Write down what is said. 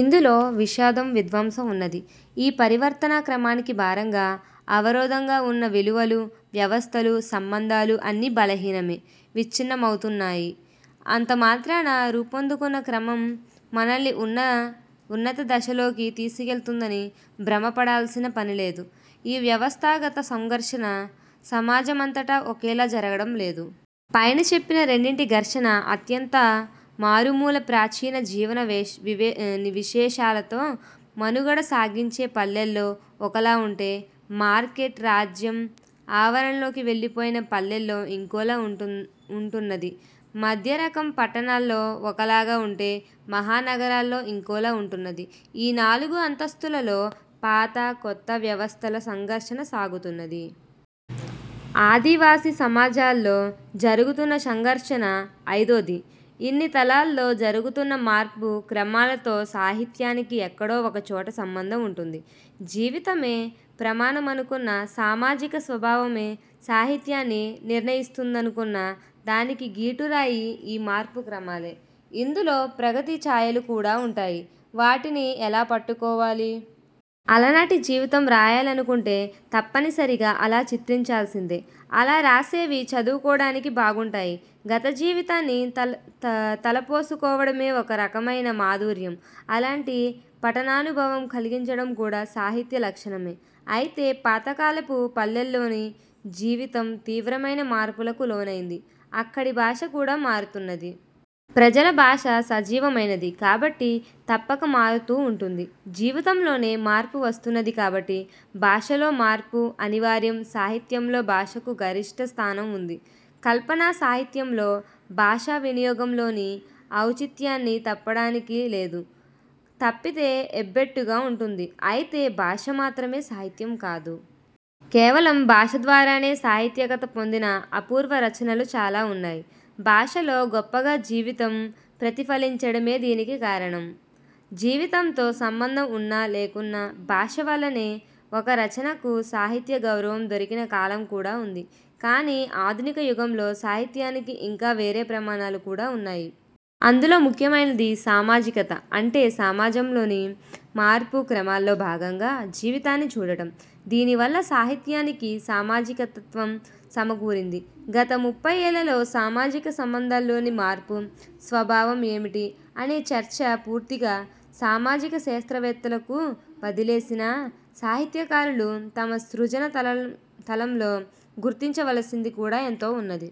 ఇందులో విషాదం, విధ్వంసం ఉన్నది. ఈ పరివర్తనా క్రమానికి భారంగా, అవరోధంగా ఉన్న విలువలు, వ్యవస్థలు, సంబంధాలు అన్నీ బలహీనమే, విచ్ఛిన్నమవుతున్నాయి. అంతమాత్రాన రూపొందుకున్న క్రమం మనల్ని ఉన్నత దశలోకి తీసికెళ్తుందని భ్రమపడాల్సిన పని లేదు. ఈ వ్యవస్థాగత సంఘర్షణ సమాజమంతటా ఒకేలా జరగడం లేదు. పైన చెప్పిన రెండింటి ఘర్షణ అత్యంత మారుమూల, ప్రాచీన జీవన విశేషాలతో మనుగడ సాగించే పల్లెల్లో ఒకలా ఉంటే, మార్కెట్, రాజ్యం ఆవరణలోకి వెళ్లిపోయిన పల్లెల్లో ఇంకోలా ఉంటున్నది. మధ్య రకం పట్టణాల్లో ఒకలాగా ఉంటే, మహా నగరాల్లో ఇంకోలా ఉంటున్నది. ఈ నాలుగు అంతస్థుల్లో పాత, కొత్త వ్యవస్థల సంఘర్షణ సాగుతున్నది. ఆదివాసీ సమాజాల్లో జరుగుతున్న సంఘర్షణ ఐదోది. ఇన్ని తలాల్లో జరుగుతున్న మార్పు క్రమాలతో సాహిత్యానికి ఎక్కడో ఒక చోట సంబంధం ఉంటుంది. జీవితమే ప్రమాణమనుకున్నా, సామాజిక స్వభావమే సాహిత్యాన్ని నిర్ణయిస్తుందనుకున్నా, దానికి గీటురాయి ఈ మార్పు క్రమాలే. ఇందులో ప్రగతి ఛాయలు కూడా ఉంటాయి. వాటిని ఎలా పట్టుకోవాలి? అలనాటి జీవితం రాయాలనుకుంటే తప్పనిసరిగా అలా చిత్రించాల్సిందే. అలా రాసేవి చదువుకోడానికి బాగుంటాయి. గతజీవితాన్ని తలపోసుకోవడమే ఒక రకమైన మాధుర్యం. అలాంటి పఠనానుభవం కల్గించడం కూడా సాహిత్య లక్షణమే. అయితే పాత కాలపు పల్లెల్లోని జీవితం తీవ్రమైన మార్పులకు లోనైంది. అక్కడి భాష కూడా మారుతున్నది. ప్రజల భాష సజీవమైనది కాబట్టి తప్పక మారుతూ ఉంటుంది. జీవితంలోనే మార్పు వస్తున్నది కాబట్టి భాషలో మార్పు అనివార్యం. సాహిత్యంలో భాషకు గరిష్ఠ స్థానం ఉంది. కల్పనా సాహిత్యంలో భాషా వినియోగంలోని ఔచిత్యాన్ని తప్పడానికి లేదు. తప్పితే ఎబ్బెట్టుగా ఉంటుంది. అయితే భాష మాత్రమే సాహిత్యం కాదు. కేవలం భాష ద్వారానే సాహిత్యకత పొందిన అపూర్వ రచనలు చాలా ఉన్నాయి. భాషలో గొప్పగా జీవితం ప్రతిఫలించడమే దీనికి కారణం. జీవితంతో సంబంధం ఉన్నా లేకున్నా భాష వల్లనే ఒక రచనకు సాహిత్య గౌరవం దొరికిన కాలం కూడా ఉంది. కానీ ఆధునిక యుగంలో సాహిత్యానికి ఇంకా వేరే ప్రమాణాలు కూడా ఉన్నాయి. అందులో ముఖ్యమైనది సామాజికత. అంటే సమాజంలోని మార్పు క్రమాల్లో భాగంగా జీవితాన్ని చూడటం. దీని వల్ల సాహిత్యానికి సామాజికతత్వం సమకూరింది. గత ముప్పై ఏళ్లలో సామాజిక సంబంధాల్లోని మార్పు స్వభావం ఏమిటి? అనే చర్చ పూర్తిగా సామాజిక శాస్త్రవేత్తలకు వదిలేసినా సాహిత్యకారులు తమ సృజన తలంలో గుర్తించవలసింది కూడా ఎంతో ఉన్నది.